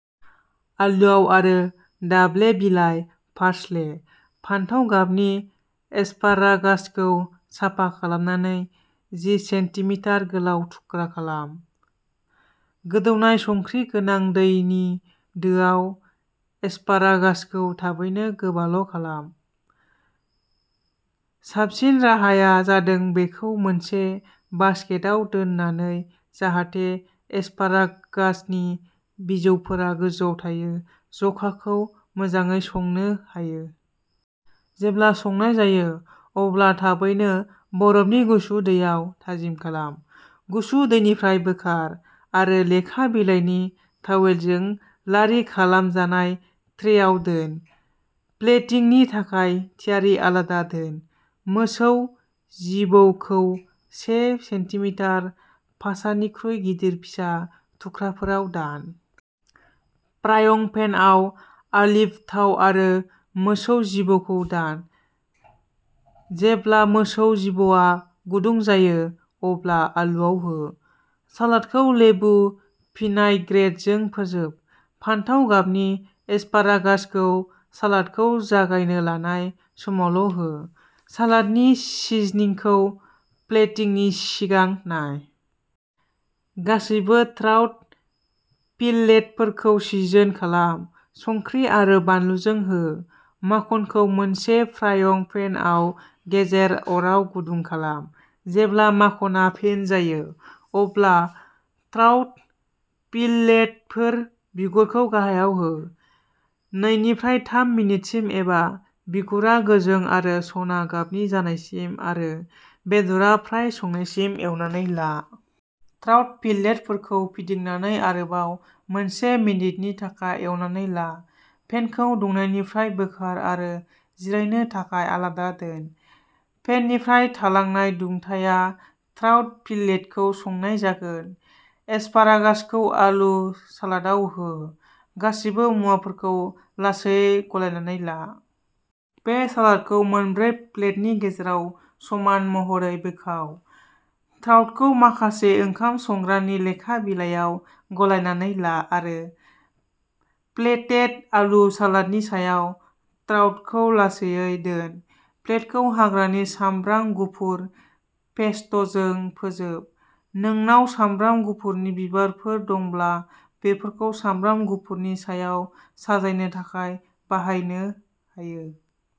आलुआव आरो दाब्ले बिलाइ पार्सले। फान्थाव गाबनि एसपारागासखौ साफा खालामनानै जि सेन्टिमिटार गोलाव थुख्रा खालाम। गोदौनाय संख्रि गोनां दैनि दोआव एसपारागासखौ थाबैनो गोबाल' खालाम। साबसिन राहाया जादों बेखौ मोनसे बास्केटआव दोननानै, जाहाथे एसपारागासनि बिजौफोरा गोजौआव थायो, जंखाखौ मोजाङै संनो हायो। जेब्ला संनाय जायो, अब्ला थाबैनो बरफनि गुसु दैयाव थाजिम खालाम। गुसु दैनिफ्राय बोखार आरो लेखा बिलाइनि तावेलजों लारि खालामजानाय ट्रेआव दोन; प्लेटिंगनि थाखाय थियारि आलादा दोन। मोसौ जिबौखौ से सेन्टिमिटार पासानिख्रुइ गिदिर फिसा थुख्राफोराव दान। फ्राइं पेनआव, अलिभ थाव आरो मोसौ जिबौखौ दान। जेब्ला मोसौ जिबौआ गुदुं जायो, अब्ला आलुआव हो। सालादखौ लेबु भिनाइग्रेटजों फोजोब। फान्थाव गाबनि एसपारागासखौ सालादखौ जगायनो लानाय समावल' हो। सालादनि सिजनिंखौ प्लेटिंगनि सिगां नाय। गासैबो ट्राउट फिललेटफोरखौ सिजोन खालाम। संख्रि आरो बानलुजों हो। माखनखौ मोनसे फ्राइं पेनआव गेजेर अराव गुदुं खालाम। जेब्ला माखनआ फेन जायो, अब्ला ट्राउट फिललेटफोर, बिगुरखौ गाहायाव हो। नैनिफ्राय थाम मिनिटसिम एबा बिगुरा गोजों आरो सना गाबनि जानायसिम आरो बेदरआ फ्राय संनायसिम एवनानै ला। ट्राउट फिललेटफोरखौ फिदिंनानै आरोबाव मोनसे मिनिटनि थाखाय एवनानै ला। पेनखौ दुंनायनिफ्राय बोखार आरो जिरायनो थाखाय आलादा दोन। पेननिफ्राय थालांनाय दुंथाया ट्राउट फिललेटखौ संनाय जागोन। एस्पारागासखौ आलु सालादाव हो; गासैबो मुवाफोरखौ लासैयै गलायनानै ला। बे सालादखौ मोनब्रै प्लेटनि गेजेराव समान महरै बोखाव। ट्राउटखौ माखासे ओंखाम संग्रानि लेखा बिलाइयाव गलायनानै ला आरो प्लेटेड आलु सालादनि सायाव ट्राउटखौ लासैयै दोन। प्लेटखौ हाग्रानि सामब्राम गुफुर पेस्ट'जों फोजोब। नोंनाव सामब्राम गुफुरनि बिबारफोर दंब्ला, बेफोरखौ सामब्राम गुफुरनि सायाव साजायनो थाखाय बाहायनो हायो।